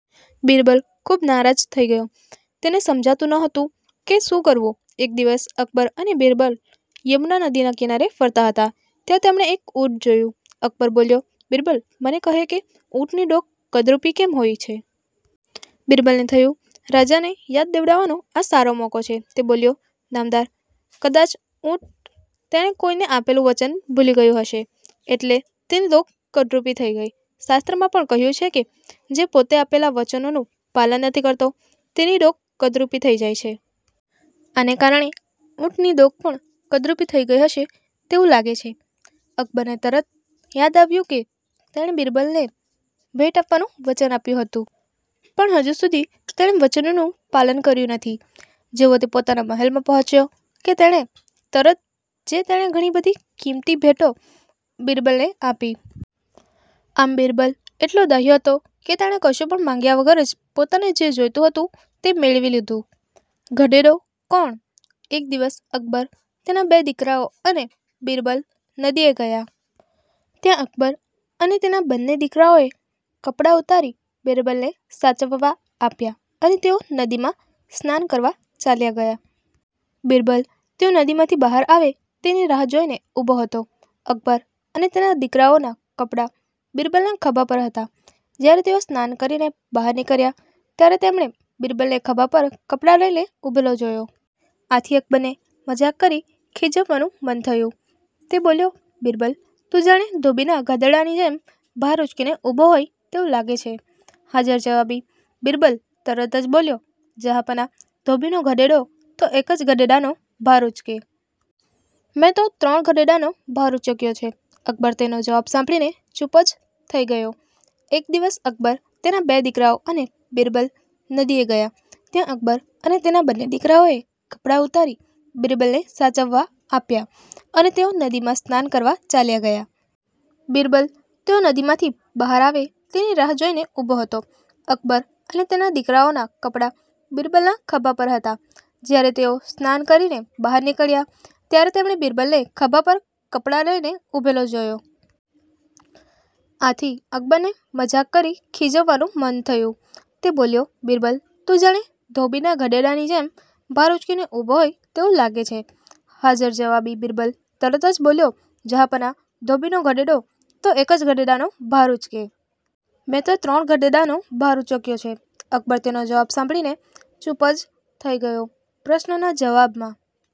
બિરબલ ખૂબ નારાજ થઈ ગયો. તેને સમજાતું ન હતું કે શું કરવું? એક દિવસ અકબર અને બિરબલ યમુના નદીના કિનારે ફરતા હતા. ત્યાં તેમણે એક ઊંટ જોયું. અકબર બોલ્યો; બિરબલ, મને કહે કે ઊંટની ડોક કદરુપી કેમ હોય છે? બિરબલને થયું, રાજાને યાદ દેવડાવવાનો આ સારો મોકો છે. તે બોલ્યો; નામદાર, કદાચ ઊંટ, તેણે કોઈને આપેલું વચન ભૂલી ગયું હશે. એટલે તેની ડોક કદરુપી થઈ ગઈ. શાસ્ત્રમાં પણ કહ્યું છે કે જે પોતે આપેલા વચનોનું પાલન નથી કરતો તેની ડોક કદરુપી થઈ જાય છે. આને કારણે ઊંટની ડોક પણ કદરૂપી થઈ હશે તેવું લાગે છે. અકબરને તરત યાદ આવ્યું કે તેણે બિરબલને ભેટ આપવાનુ વચન આપ્યું હતું પણ હજુ સુધી તેણે વચનનું પાલન કર્યું નથી. જેવો તે પોતાના મહેલમાં પહોંચ્યો કે તરત જે તેણે ઘણી બધી કિંમતી ભેટો બિરબલને આપી. આમ બિરબલ એટલો ડાહ્યો હતો કે તેણે કશું પણ માંગ્યા વગર જ પોતાને જે જોઈતું હતું તે મેળવી લીધું. ગધેડો કોણ? એક દિવસ અકબર, તેના બે દિકરાઓ અને બિરબલ નદીએ ગયા. ત્યાં અકબર અને તેના બંને દિકરાઓએ કપડાં ઉતારી બિરબલને સાચવાવા આપ્યા અને તેઓ નદીમાં સ્નાન કરવા ચાલ્યા ગયા. બિરબલ તેઓ નદીમાંથી બહાર આવે તેની રાહ જોઈને ઉભો હતો. અકબર અને તેના દીકરાઓના કપડા બિરબલના ખભા પર હતા. જ્યારે તેઓ સ્નાન કરીને બહાર નીકળ્યા ત્યારે તેમણે બિરબલને ખભા પર કપડા લઈને ઉભેલો જોયો. આથી અકબરને મજાક કરી ખિજવવાનું મન થયું. તે બોલ્યો; બિરબલ તું જાણે ધોબીના ગધેડાની જેમ ભાર ઉચકીને ઉભો હોય તેવું લાગે છે. હાજર જવાબી બિરબલ તરત જ બોલ્યો; જહાંપનાહ, ધોબીનો ગધેડો તો એક જ ગધેડાનો ભાર ઉચકે.. મેં તો ત્રણ ગધેડાનો ભાર ઉચક્યો છે. અકબર તેનો જવાબ સાંભળીને ચૂપ જ થઈ ગયો.. એક દિવસ અકબર, તેના બે દિકરાઓ અને બિરબલ નદીએ ગયા. ત્યાં અકબર અને તેના બંને દિકરાઓએ કપડાં ઉતારી બિરબલને સાચવાવા આપ્યા અને તેઓ નદીમાં સ્નાન કરવા ચાલ્યા ગયા. બિરબલ તેઓ નદીમાંથી બહાર આવે તેની રાહ જોઈને ઉભો હતો. અકબર અને તેના દીકરાઓના કપડા બિરબલના ખભા પર હતા. જ્યારે તેઓ સ્નાન કરીને બહાર નીકળ્યા ત્યારે તેમણે બિરબલને ખભા પર કપડા લઈને ઉભેલો જોયો. આથી અકબરને મજાક કરી ખિજવવાનું મન થયું. તે બોલ્યો; બિરબલ તું જાણે ધોબીના ગધેડાની જેમ ભાર ઉચકીને ઉભો હોય તેવું લાગે છે. હાજર જવાબી બિરબલ તરત જ બોલ્યો; જહાંપનાહ, ધોબીનો ગધેડો તો એક જ ગધેડાનો ભાર ઉચકે.. મેં તો ત્રણ ગધેડાનો ભાર ઉચક્યો છે.અકબર તેનો જવાબ સાંભળીને ચૂપ જ થઈ ગયો.. પ્રશ્નના જવાબમાં